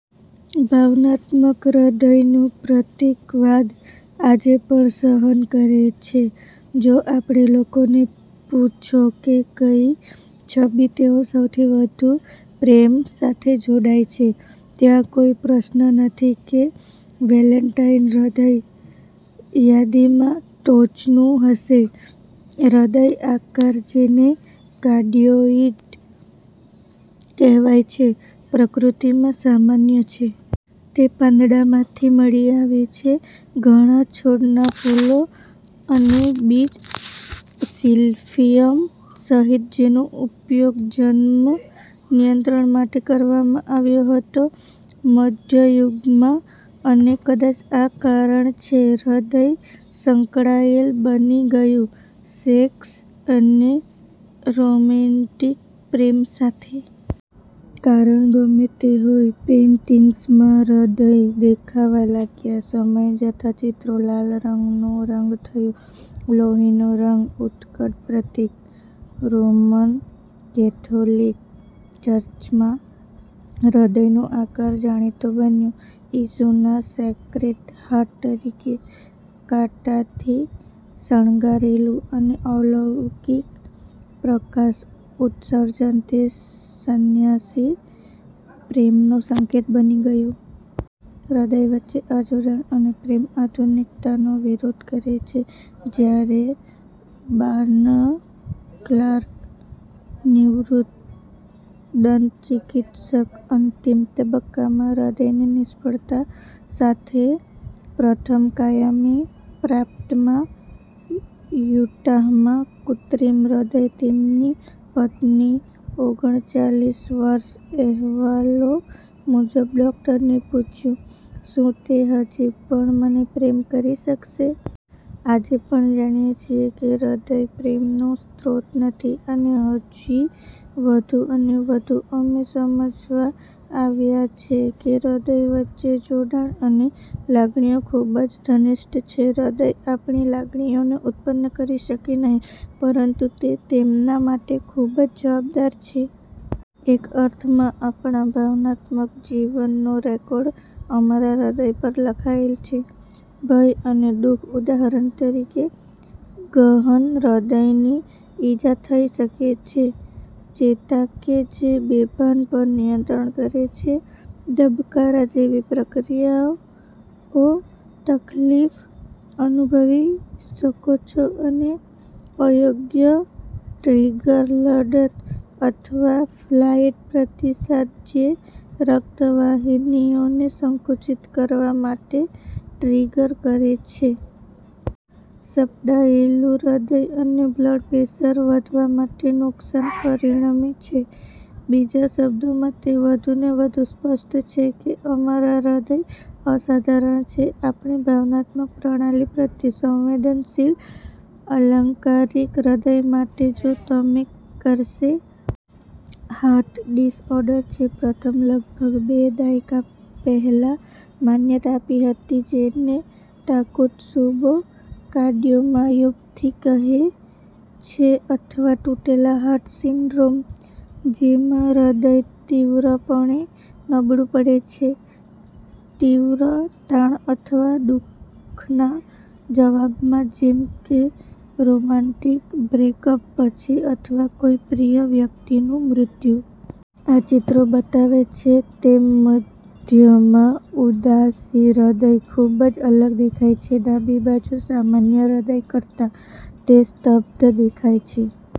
ભાવનાત્મક હૃદયનું પ્રતીકવાદ આજે પણ સહન કરે છે. જો આપણે લોકોને પૂછો કે કઈ છબી તેઓ સૌથી વધુ પ્રેમ સાથે જોડાય છે, ત્યાં કોઈ પ્રશ્ન નથી કે વેલેન્ટાઇન હૃદય યાદીમાં ટોચનું હશે. હૃદય આકાર, જેને કાર્ડિયોઇડ કહેવાય છે, પ્રકૃતિમાં સામાન્ય છે. તે પાંદડામાંથી મળી આવે છે. ઘણા છોડના ફૂલો અને બીજ, સિલ્ફિયમ સહિત જેનો ઉપયોગ જન્મ નિયંત્રણ માટે કરવામાં આવ્યો હતો મધ્ય યુગમાં અને કદાચ આ કારણ છે હૃદય સંકળાયેલ બની ગયું સેક્સ અને રોમેન્ટિક પ્રેમ સાથે. કારણ ગમે તે હોય, પેઇન્ટિંગ્સમાં હૃદય દેખાવા લાગ્યા. સમય જતાં ચિત્રો લાલ રંગનો રંગ થયો, લોહીનો રંગ, ઉત્કટ પ્રતીક. રોમન કેથોલિક ચર્ચમાં હૃદયનો આકાર જાણીતો બન્યો ઈસુના સેક્રેડ હાર્ટ તરીકે. કાંટાથી શણગારેલું અને અલૌકિક પ્રકાશ ઉત્સર્જન, તે સન્યાસી પ્રેમનો સંકેત બની ગયો. હૃદય વચ્ચે આ જોડાણ અને પ્રેમ આધુનિકતાનો વિરોધ કરે છે. જ્યારે બાર્ને ક્લાર્ક, નિવૃત્ત દંતચિકિત્સક અંતિમ તબક્કામાં હૃદયની નિષ્ફળતા સાથે પ્રથમ કાયમી પ્રાપ્તમાં યુટાહમાં કૃત્રિમ હૃદય તેમની પત્ની ઓગણચાલીસ વર્ષ અહેવાલો મુજબ ડોકટરોને પૂછ્યું, "શું તે હજી પણ મને પ્રેમ કરી શકશે?" આજે આપણે જાણીએ છીએ કે હૃદય પ્રેમનો સ્ત્રોત નથી. અને હજી વધુ અને વધુ અમે સમજવા આવ્યા છે કે હૃદય વચ્ચે જોડાણ અને લાગણીઓ ખૂબ જ ઘનિષ્ઠ છે. હૃદય આપણી લાગણીઓને ઉત્પન્ન કરી શકે નહીં, પરંતુ તે તેમના માટે ખૂબ જ જવાબદાર છે. એક અર્થમાં આપણા ભાવનાત્મક જીવનનો રેકોર્ડ અમારા હૃદય પર લખાયેલ છે. ભય અને દુખ ઉદાહરણ તરીકે, ગહન હૃદયની ઇજા થઈ શકે છે. ચેતા કે જે બેભાન પર નિયંત્રણ કરે છે ધબકારા જેવી પ્રક્રિયાઓ તકલીફ અનુભવી શકો છો અને અયોગ્ય ટ્રીગર લડત અથવા ફ્લાઇટ પ્રતિસાદ જે રક્ત વાહિનીઓને સંકુચિત કરવા માટે ટ્રિગર કરે છે. સપડાયેલું હૃદય અને બ્લડ પ્રેશર વધવા માટે નુકસાન પરિણમે છે. બીજા શબ્દોમાં તે વધુને વધુ સ્પષ્ટ છે કે અમારા હૃદય અસાધારણ છે. આપણી ભાવનાત્મક પ્રણાલી પ્રત્યે સંવેદનશીલ, અલંકારિક હૃદય માટે જો તમે કરશે. હાર્ટ ડિસઓર્ડર છે પ્રથમ લગભગ બે દાયકા પહેલા માન્યતા આપી હતી જેને "ટાકોત્સુબો કાર્ડિયોમાયોપથી" કહે છે અથવા "તૂટેલા હાર્ટ સિન્ડ્રોમ" જેમાં હૃદય તીવ્રપણે નબળું પડે છે. તીવ્ર તાણ અથવા દુખના જવાબમાં જેમ કે રોમેન્ટિક બ્રેકઅપ પછી અથવા કોઈ પ્રિય વ્યક્તિનું મૃત્યુ. આ ચિત્રો બતાવે છે તેમ મધ્યમાં ઉદાસી હૃદય ખૂબ જ અલગ દેખાય છે ડાબી બાજુ સામાન્ય હૃદય કરતાં. તે સ્તબ્ધ દેખાય છે.